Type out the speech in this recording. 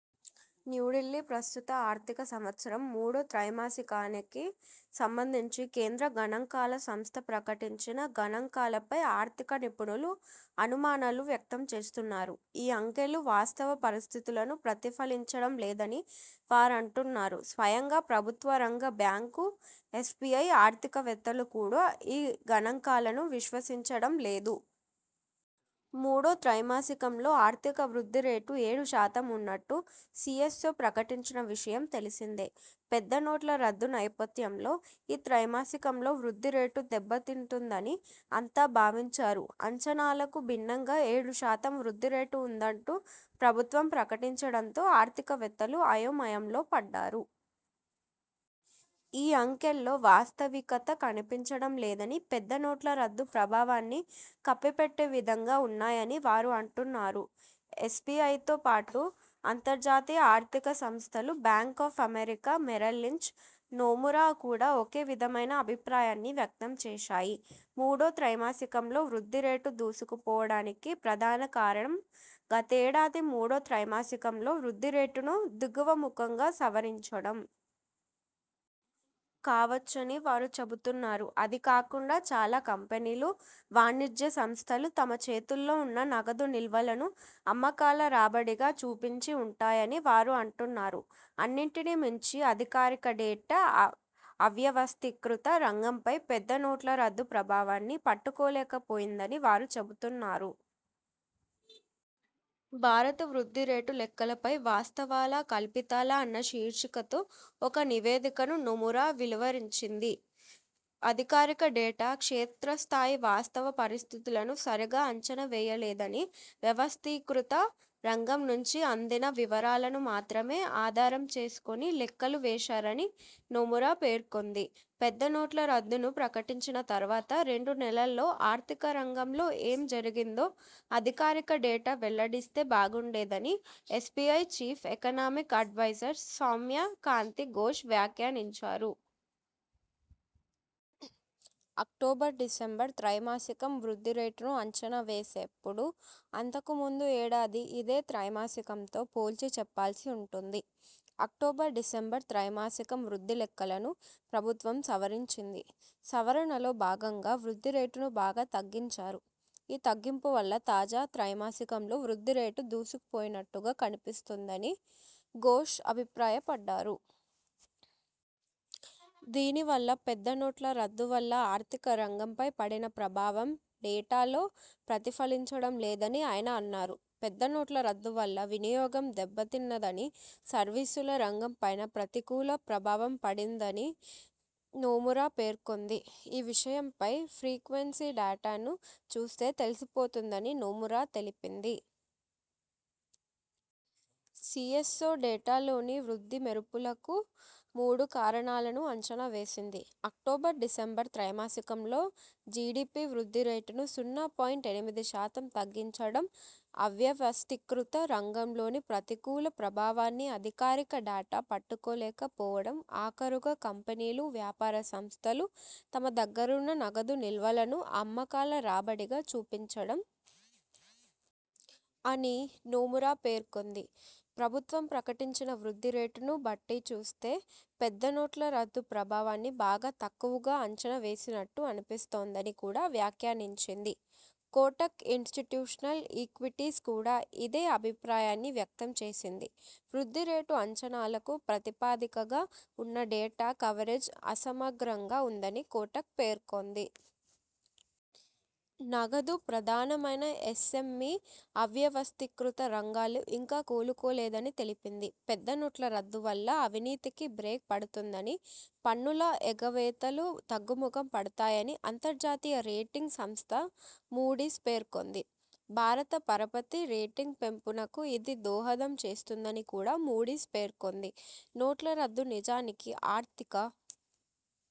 న్యూఢిల్లీ ప్రస్తుత ఆర్థిక సంవత్సరం మూడో త్రైమాసికానికి సంబంధించి కేంద్ర గణాంకాల సంస్థ ప్రకటించిన గణాంకాలపై ఆర్థిక నిపుణులు అనుమానాలు వ్యక్తం చేస్తున్నారు. ఈ అంకెలు వాస్తవ పరిస్థితులను ప్రతిఫలించడం లేదని వారంటున్నారు. స్వయంగా ప్రభుత్వ రంగ బ్యాంకు ఎస్బిఐ ఆర్థికవేత్తలు కూడా ఈ గణాంకాలను విశ్వసించడం లేదు. మూడో త్రైమాసికంలో ఆర్థిక వృద్ధి రేటు ఏడు శాతం ఉన్నట్టు సి ఎస్ ఒ ప్రకటించిన విషయం తెలిసిందే. పెద్ద నోట్ల రద్దు నేపథ్యంలో ఈ త్రైమాసికంలో వృద్ధి రేటు దెబ్బతింటుందని అంతా భావించారు. అంచనాలకు భిన్నంగా ఏడు శాతం వృద్ధి రేటు ఉందంటూ ప్రభుత్వం ప్రకటించడంతో ఆర్థికవేత్తలు అయోమయంలో పడ్డారు. ఈ అంకెల్లో వాస్తవికత కనిపించడంలేదని, పెద్ద నోట్ల రద్దు ప్రభావాన్ని కప్పిపెట్టే విధంగా ఉన్నాయని వారు అంటున్నారు. ఎస్బిఐతో పాటు అంతర్జాతీయ ఆర్థిక సంస్థలు bank of America Merrill Lynch, Nomura కూడా ఒకే విధమైన అభిప్రాయాన్ని వ్యక్తం చేశాయి. మూడో త్రైమాసికంలో వృద్ధి రేటు దూసుకుపోవడానికి ప్రధాన కారణం, గతేడాది మూడో త్రైమాసికంలో వృద్ధి రేటును దిగువముఖంగా సవరించడం.. కావచ్చని వారు చెబుతున్నారు. అదీకాకుండా చాలా కంపెనీలు, వాణిజ్య సంస్థలు తమ చేతుల్లో ఉన్న నగదు నిల్వలను అమ్మకాల రాబడిగా చూపించి ఉంటాయని వారు అంటున్నారు. అన్నింటినీ మించి అధికారిక డేటా, అవ్యవస్థీకృత రంగంపై పెద్ద నోట్ల రద్దు ప్రభావాన్ని పట్టుకోలేక పోయిందని వారు చెబుతున్నారు. భారత వృద్ధి రేటు లెక్కలపై ''వాస్తవాలా, కల్పితాలా'' అన్న శీర్షికతో ఒక నివేదికను నొమురా వెలువరించింది. అధికారిక డేటా క్షేత్రస్థాయి వాస్తవ పరిస్థితులను సరిగా అంచనా వేయలేదనీ, వ్యవస్థీకృత రంగం నుంచి అందిన వివరాలను మాత్రమే ఆధారం చేసుకొని లెక్కలు వేశారని నొమురా పేర్కొంది. పెద్ద నోట్ల రద్దును ప్రకటించిన తర్వాత రెండు నెలల్లో ఆర్థిక రంగంలో ఏ జరిగిందో, అధికారిక డేటా వెల్లడిస్తే బాగుండేదని SBI chief economic adviser Soumya Kanti Ghosh వ్యాఖ్యానించారు. అక్టోబర్-డిసెంబర్ త్రైమాసికం వృద్ధి రేటును అంచనా వేసేప్పుడు అంతకు ముందు ఏడాది ఇదే త్రైమాసికంతో పోల్చి చెప్పాల్సి ఉం టుంది. అక్టోబర్-డిసెంబర్ త్రైమాసికం వృద్ధి లెక్కలను ప్రభుత్వం సవరించింది. సవరణలో భాగం గా వృద్ధి రేటును బాగా తగ్గించారు. ఈ తగ్గింపు వల్ల తాజా త్రైమాసికంలో వృద్ధి రేటు దూసుకుపోయినట్టుగా కనిపిస్తోందని ఘోష్ అభిప్రాయపడ్డారు. దీనివల్ల పెద్ద నోట్ల రద్దు వల్ల ఆర్థిక రంగంపై పడిన ప్రభావం డేటా లో ప్రతిఫలించడం లేదని ఆయన అన్నారు. పెద్ద నోట్ల రద్దు వల్ల వినియోగం దెబ్బతిన్నదని, సర్వీసుల రంగం పైనా ప్రతికూల ప్రభావం పడిందని నొమురా పేర్కొంది. ఈ విషయం హై ఫ్రీక్వెన్సీ డేటాను చూస్తే తెలిసిపోతుందని నొమురా తెలిపింది. సిఎ్సఒ డేటాలోని వృద్ధి మెరుపులకు మూడు కారణాలను అంచనా వేసింది. అక్టోబర్-డిసెంబర్ త్రైమాసికంలో జిడిపి వృద్ధి రేటును సున్నా పాయింట్ ఎనిమిది శాతం తగ్గించడం, అవ్యవస్థీకృత రంగంలోని ప్రతికూల ప్రభావాన్ని అధికారిక డేటా పట్టుకోలేక పోవడం ఆఖరుగా కంపెనీలు, వ్యాపార సంస్థలు తమ దగ్గరున్న నగదు నిల్వలను అమ్మకాల రాబడిగా చూపించడం.. అని నొమురా పేర్కొంది. ప్రభుత్వం ప్రకటించిన వృద్ధి రేటును బట్టిచూస్తే, పెద్ద నోట్ల రద్దు ప్రభావాన్ని బాగా తక్కువగా అంచనా వేసినట్టు అనిపిస్తోందని కూడా వ్యాఖ్యానించింది. కోటక్ ఇనిస్టిట్యూషనల్ ఈక్విటీస్ కూడా ఇదే అభిప్రాయాన్ని వ్యక్తం చేసింది. వృద్ధి రేటు అంచనాలకు ప్రాతిపదికగా ఉన్న డేటా కవరేజ్ అసమగ్రంగా ఉందని కోటక్ పేర్కొంది. నగదు ప్రధానమైన ఎస్ ఎం ఇ, అవ్యవస్థీకృత రంగాలు ఇంకా కోలుకోలేదని తెలిపింది. పెద్ద నోట్ల రద్దు వల్ల అవినీతికి బ్రేక్ పడుతుందని, పన్నుల ఎగవేతలు తగ్గుముఖం పడతాయని అంతర్జాతీయ రేటింగ్ సంస్ధ మూడీస్ పేర్కొంది. భారత పరపతి రేటింగ్ పెంపునకు ఇది దోహదం చేస్తుందని కూడా మూడీస్ పేర్కొంది. నోట్ల రద్దు నిజానికి ఆర్థిక